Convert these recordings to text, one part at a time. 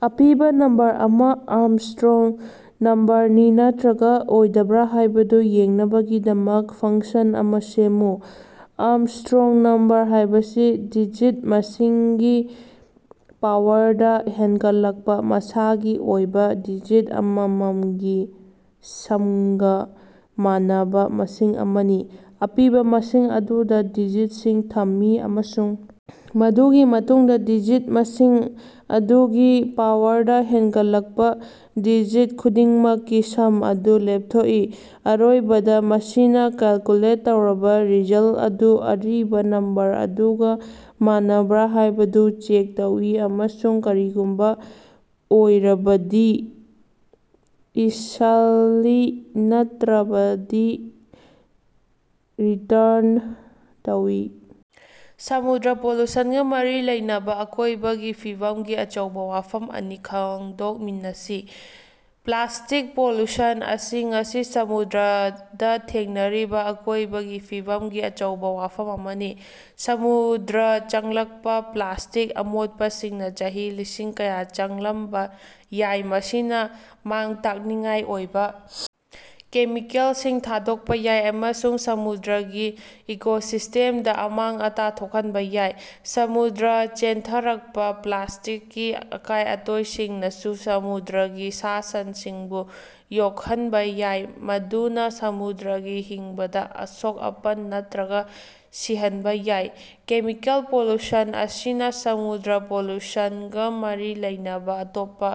ꯑꯄꯤꯕꯥ ꯅꯝꯕꯔ ꯑꯃꯥ ꯑꯥꯔꯝꯁꯇ꯭ꯔꯣꯡ ꯅꯝꯕꯔꯅꯤ ꯅꯠꯇ꯭ꯔꯒꯥ ꯑꯣꯏꯗꯕ꯭ꯔꯥ ꯍꯥꯏꯕꯗꯨ ꯌꯦꯡꯅꯕꯒꯤꯗꯃꯛ ꯐꯪꯁꯟ ꯑꯃꯥ ꯁꯦꯝꯃꯨ꯫ ꯑꯥꯔꯝꯁꯇ꯭ꯔꯣꯡ ꯅꯝꯕꯔ ꯍꯥꯕꯁꯤ ꯗꯤꯖꯤꯠ ꯃꯁꯤꯡꯒꯤ ꯄꯥꯋꯔꯗꯥ ꯍꯦꯟꯒꯠꯂꯛꯄꯥ ꯃꯁꯥꯒꯤ ꯑꯣꯏꯕꯥ ꯗꯤꯖꯤꯠ ꯑꯃꯃꯝꯒꯤ ꯁꯝꯒꯥ ꯃꯥꯟꯅꯕꯥ ꯃꯁꯤꯡ ꯑꯃꯅꯤ꯫ ꯑꯄꯤꯕꯥ ꯃꯁꯤꯡ ꯑꯗꯨꯗꯥ ꯗꯤꯖꯤꯠꯁꯤꯡ ꯊꯝꯃꯤ ꯑꯃꯁꯨꯡ ꯃꯗꯨꯒꯤ ꯃꯇꯨꯡꯗꯥ ꯗꯤꯖꯤꯠ ꯃꯁꯤꯡ ꯑꯗꯨꯒꯤ ꯄꯥꯋꯔꯗꯥ ꯍꯦꯟꯒꯠꯂꯛꯄꯥ ꯗꯤꯖꯤꯠ ꯈꯨꯗꯤꯡꯃꯛꯀꯤ ꯁꯝ ꯑꯗꯨ ꯂꯦꯞꯊꯣꯛꯏ꯫ ꯑꯔꯣꯏꯕꯗꯥ, ꯃꯁꯤꯅꯥ ꯀꯦꯜꯀꯨꯂꯦꯠ ꯇꯧꯔꯕꯥ ꯔꯤꯖꯜ ꯑꯗꯨ ꯑꯔꯤꯕꯥ ꯅꯝꯕꯔ ꯑꯗꯨꯒꯥ ꯃꯥꯟꯅꯕ꯭ꯔꯥ ꯍꯥꯏꯕꯗꯨ ꯆꯦꯛ ꯇꯧꯏ ꯑꯃꯁꯨꯡ ꯀꯔꯤꯒꯨꯝꯕꯥ ꯑꯣꯏꯔꯕꯗꯤ ꯏꯁꯜꯂꯤ, ꯅꯠꯇ꯭ꯔꯕꯗꯤ ꯔꯤꯇ꯭ꯔꯟ ꯇꯧꯏ꯫ ꯁꯃꯨꯗ꯭ꯔ ꯄꯣꯂꯨꯁꯟꯒꯥ ꯃꯔꯤ ꯂꯩꯅꯕꯥ ꯑꯀꯣꯏꯕꯒꯤ ꯐꯤꯕꯝꯒꯤ ꯑꯆꯧꯕꯥ ꯋꯥꯐꯝ ꯑꯅꯤ ꯈꯪꯗꯣꯛꯃꯤꯅꯁꯤ꯫ ꯄ꯭ꯂꯥꯁꯇꯤꯛ ꯄꯣꯂꯨꯁꯟ ꯑꯁꯤ ꯉꯁꯤ ꯁꯃꯨꯗ꯭ꯔꯗꯥ ꯊꯦꯡꯅꯔꯤꯕꯥ ꯑꯀꯣꯏꯕꯒꯤ ꯐꯤꯕꯝꯒꯤ ꯑꯆꯧꯕꯥ ꯋꯥꯐꯝ ꯑꯃꯅꯤ꯫ ꯁꯃꯨꯗ꯭ꯔꯗꯥ ꯆꯪꯂꯛꯄꯥ ꯄ꯭ꯂꯥꯁꯇꯤꯛ ꯑꯃꯣꯠꯄꯁꯤꯡꯅꯥ ꯆꯍꯤ ꯂꯤꯁꯤꯡ ꯀꯌꯥ ꯆꯪꯂꯝꯕꯥ ꯌꯥꯏ, ꯃꯁꯤꯅꯥ ꯃꯥꯡ-ꯇꯥꯛꯅꯤꯡꯉꯥꯏ ꯑꯣꯏꯕꯥ ꯀꯦꯃꯤꯀꯦꯜꯁꯤꯡ ꯊꯥꯗꯣꯛꯄꯥ ꯌꯥꯏ ꯑꯃꯁꯨꯡ ꯁꯃꯨꯗ꯭ꯔꯒꯤ ꯏꯀꯣꯁꯤꯁꯇꯦꯝꯗꯥ ꯑꯃꯥꯡ-ꯑꯇꯥ ꯊꯣꯛꯍꯟꯕꯥ ꯌꯥꯏ꯫ ꯁꯃꯨꯗ꯭ꯔꯗꯥ ꯆꯦꯟꯊꯔꯛꯄꯥ ꯄ꯭ꯂꯥꯁꯇꯤꯛꯀꯤ ꯑꯀꯥꯏ-ꯑꯇꯣꯏꯁꯤꯡꯅꯁꯨ ꯁꯃꯨꯗ꯭ꯔꯒꯤ ꯁꯥ-ꯁꯟꯁꯤꯡꯕꯨ ꯁꯣꯛꯍꯟꯕꯥ ꯌꯥꯏ, ꯃꯗꯨꯅꯥ ꯁꯃꯨꯗ꯭ꯔꯒꯤ ꯍꯤꯡꯕꯗꯥ ꯑꯁꯣꯛ-ꯑꯄꯟ ꯅꯠꯇ꯭ꯔꯒꯥ ꯁꯤꯍꯟꯕꯥ ꯌꯥꯏ꯫ ꯀꯦꯃꯤꯀꯦꯜ ꯄꯣꯂꯨꯁꯟ ꯑꯁꯤꯅ ꯁꯃꯨꯗ꯭ꯔ ꯄꯣꯂꯨꯁꯟ ꯒꯥ ꯃꯔꯤ ꯂꯩꯅꯕꯥ ꯑꯇꯣꯞꯄꯥ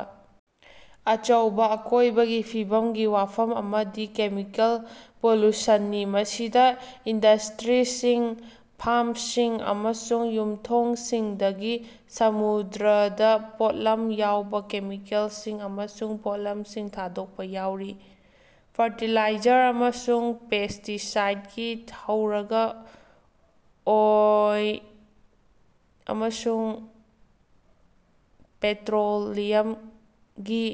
ꯑꯆꯧꯕꯥ ꯑꯀꯣꯏꯕꯒꯤ ꯐꯤꯕꯝꯒꯤ ꯋꯥꯐꯝ ꯑꯃꯗꯤ ꯀꯦꯃꯤꯀꯦꯜ ꯄꯣꯂꯨꯁꯟꯅꯤ, ꯃꯁꯤꯗꯥ ꯏꯟꯗꯁꯇ꯭ꯔꯤꯁꯤꯡ, ꯐꯥꯝꯁꯤꯡ ꯑꯃꯁꯨꯡ ꯌꯨꯝꯊꯣꯡꯁꯤꯡꯗꯒꯤ ꯁꯃꯨꯗ꯭ꯔꯗꯥ ꯄꯣꯠꯂꯨꯝ ꯌꯥꯎꯕꯥ ꯀꯦꯃꯤꯀꯦꯜꯁꯤꯡ ꯑꯃꯁꯨꯡ ꯄꯣꯠꯂꯝꯁꯤꯡ ꯊꯥꯗꯣꯛꯄꯥ ꯌꯥꯎꯔꯤ꯫ ꯐꯔꯇꯤꯂꯥꯏꯖꯔ ꯑꯃꯁꯨꯡ ꯄꯦꯁꯇꯤꯁꯥꯏꯠꯀꯤ ꯍꯧꯔꯒꯥ ꯑꯣꯏꯜ ꯑꯃꯁꯨꯡ ꯄꯦꯇ꯭ꯔꯣꯂꯤꯌꯝꯒꯤ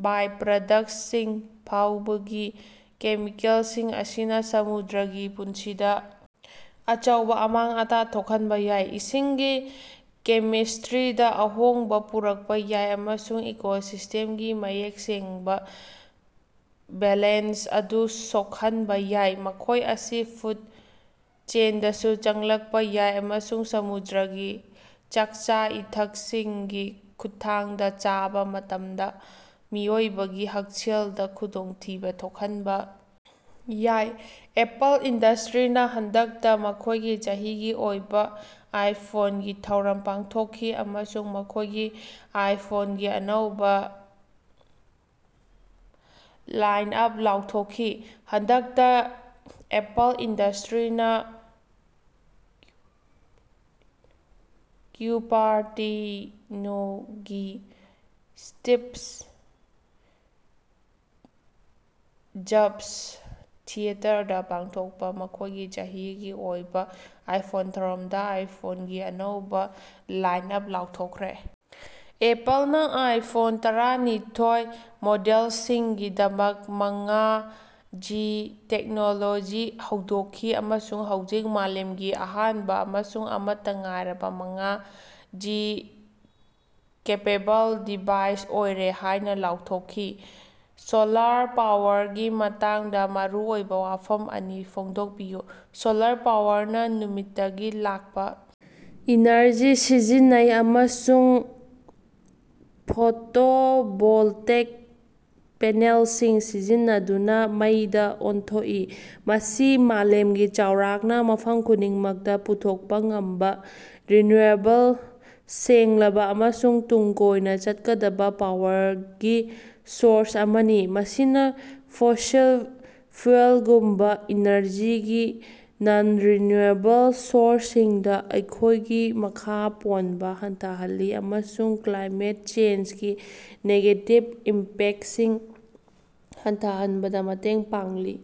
ꯕꯥꯏꯄ꯭ꯔꯗꯛꯁꯁꯤꯡ ꯐꯥꯎꯕꯒꯤ ꯀꯦꯃꯤꯀꯦꯜꯁꯤꯡ ꯑꯁꯤꯅꯥ ꯁꯃꯨꯗ꯭ꯔꯒꯤ ꯄꯨꯟꯁꯤꯗꯥ ꯑꯆꯧꯕꯥ ꯑꯃꯥꯡ-ꯑꯇꯥ ꯊꯣꯛꯍꯟꯕꯥ ꯌꯥꯏ, ꯏꯁꯤꯡꯒꯤ ꯀꯦꯃꯤꯁꯇ꯭ꯔꯤꯗꯥ ꯑꯍꯣꯡꯕꯥ ꯄꯨꯔꯛꯄꯥ ꯌꯥꯏ ꯑꯃꯁꯨꯡ ꯏꯀꯣꯁꯤꯁꯇꯦꯝꯒꯤ ꯃꯌꯦꯛ ꯁꯦꯡꯕꯥ ꯕꯦꯂꯦꯟꯁ ꯑꯗꯨ ꯁꯣꯛꯍꯟꯕꯥ ꯌꯥꯏ꯫ ꯃꯈꯣꯏ ꯑꯁꯤ ꯐꯨꯠ ꯆꯦꯟꯗꯁꯨ ꯆꯪꯂꯛꯄꯥ ꯌꯥꯏ ꯑꯃꯁꯨꯡ ꯁꯃꯨꯗ꯭ꯔꯒꯤ ꯆꯥꯛꯆꯥ-ꯏꯊꯛꯁꯤꯡꯒꯤ ꯈꯨꯠꯊꯥꯡꯗꯥ ꯆꯥꯕꯥ ꯃꯇꯝꯗꯥ ꯃꯤꯑꯣꯏꯕꯒꯤ ꯍꯛꯁꯦꯜꯗꯥ ꯈꯨꯗꯣꯡꯊꯤꯕꯥ ꯊꯣꯛꯍꯟꯕꯥ ꯌꯥꯏ꯫ ꯑꯦꯄꯜ ꯏꯟꯗꯁꯇ꯭ꯔꯤꯅꯥ ꯍꯟꯗꯛꯇꯥ ꯃꯈꯣꯏꯒꯤ ꯆꯍꯤꯒꯤ ꯑꯣꯏꯕꯥ ꯑꯥꯏꯐꯣꯟꯒꯤ ꯊꯧꯔꯝ ꯄꯥꯡꯊꯣꯛꯈꯤ ꯑꯃꯁꯨꯡ ꯃꯈꯣꯏꯒꯤ ꯑꯥꯏꯐꯣꯟꯒꯤ ꯑꯅꯧꯕꯥ ꯂꯥꯏꯟꯑꯞ ꯂꯥꯎꯊꯣꯛꯈꯤ꯫ ꯍꯟꯗꯛꯇꯥ ꯑꯦꯄꯜ ꯏꯟꯗꯁꯇ꯭ꯔꯤꯅꯥ ꯀ꯭ꯌꯨꯄꯥꯔꯇꯤꯅꯣꯒꯤ ꯁ꯭ꯇꯤꯞ ꯖꯞꯁ ꯊꯤꯌꯦꯇꯔꯗꯥ ꯄꯥꯡꯊꯣꯛꯄꯥ ꯃꯈꯣꯏꯒꯤ ꯆꯍꯤꯒꯤ ꯑꯣꯏꯕꯥ ꯑꯥꯏꯐꯣꯟ ꯊꯧꯔꯝꯗꯥ ꯑꯥꯏꯐꯣꯟꯒꯤ ꯑꯅꯧꯕꯥ ꯂꯥꯏꯟꯑꯞ ꯂꯥꯎꯊꯣꯛꯈ꯭ꯔꯦ꯫ ꯑꯦꯄꯜꯅꯥ ꯑꯥꯏꯐꯣꯟ ꯇꯔꯥꯅꯤꯊꯣꯏ ꯃꯣꯗꯦꯜꯁꯤꯡꯒꯤꯗꯃꯛ ꯃꯉꯥ ꯖꯤ ꯇꯦꯛꯅꯣꯂꯣꯖꯤ ꯍꯧꯗꯣꯛꯈꯤ ꯑꯃꯁꯨꯡ ꯍꯧꯖꯤꯛ ꯃꯥꯂꯦꯝꯒꯤ ꯑꯍꯥꯟꯕꯥ ꯑꯃꯁꯨꯡ ꯑꯃꯠꯇꯥ ꯉꯥꯏꯔꯕꯥ ꯃꯉꯥ ꯖꯤ ꯀꯦꯄꯦꯕꯜ ꯗꯤꯚꯥꯏꯁ ꯑꯣꯏꯔꯦ ꯍꯥꯏꯅꯥ ꯂꯥꯎꯊꯣꯛꯈꯤ꯫ ꯁꯣꯂꯥꯔ ꯄꯥꯋꯔꯒꯤ ꯃꯇꯥꯡꯗꯥ ꯃꯔꯨꯑꯣꯏꯕꯥ ꯋꯥꯐꯝ ꯑꯅꯤ ꯐꯣꯡꯗꯣꯛꯄꯤꯌꯨ꯫ ꯁꯣꯂꯥꯔ ꯄꯥꯋꯔꯅꯥ ꯅꯨꯃꯤꯠꯇꯒꯤ ꯂꯥꯛꯄꯥ ꯏꯅꯔꯖꯤ ꯁꯤꯖꯤꯟꯅꯩ ꯑꯃꯁꯨꯡ ꯐꯣꯇꯣꯚꯣꯜꯇꯦꯛ ꯄꯦꯅꯦꯜꯁꯤꯡ ꯁꯤꯖꯤꯟꯅꯗꯨꯅꯥ ꯃꯩꯗꯥ ꯑꯣꯟꯊꯣꯛꯏ꯫ ꯃꯁꯤ ꯃꯥꯂꯦꯝꯒꯤ ꯆꯥꯎꯔꯥꯛꯅꯥ ꯃꯐꯝ ꯈꯨꯗꯤꯡꯃꯛꯇꯥ ꯄꯨꯊꯣꯛꯄꯥ ꯉꯝꯕꯥ ꯔꯤꯅ꯭ꯌꯨꯑꯦꯕꯜ, ꯁꯦꯡꯂꯕꯥ ꯑꯃꯁꯨꯡ ꯇꯨꯡ ꯀꯣꯏꯅꯥ ꯆꯠꯀꯗꯕꯥ ꯄꯥꯋꯔꯒꯤ ꯁꯣꯔꯁ ꯑꯃꯅꯤ, ꯃꯁꯤꯅꯥ ꯐꯣꯁꯤꯜ ꯐ꯭ꯌꯨꯑꯦꯜꯒꯨꯝꯕꯥ ꯏꯅꯔꯖꯤꯒꯤ ꯅꯟ-ꯔꯤꯅ꯭ꯌꯨꯑꯦꯕꯜ ꯁꯣꯔꯁꯁꯤꯡꯗꯥ ꯑꯩꯈꯣꯏꯒꯤ ꯃꯈꯥ ꯄꯣꯟꯕꯥ ꯍꯟꯊꯍꯜꯂꯤ ꯑꯃꯁꯨꯡ ꯀ꯭ꯂꯥꯏꯃꯦꯠ ꯆꯦꯟꯖꯒꯤ ꯅꯦꯒꯦꯇꯤꯕ ꯏꯝꯄꯦꯛꯁꯤꯡ ꯍꯟꯊꯍꯟꯕꯗꯥ ꯃꯇꯦꯡ ꯄꯥꯡꯂꯤ꯫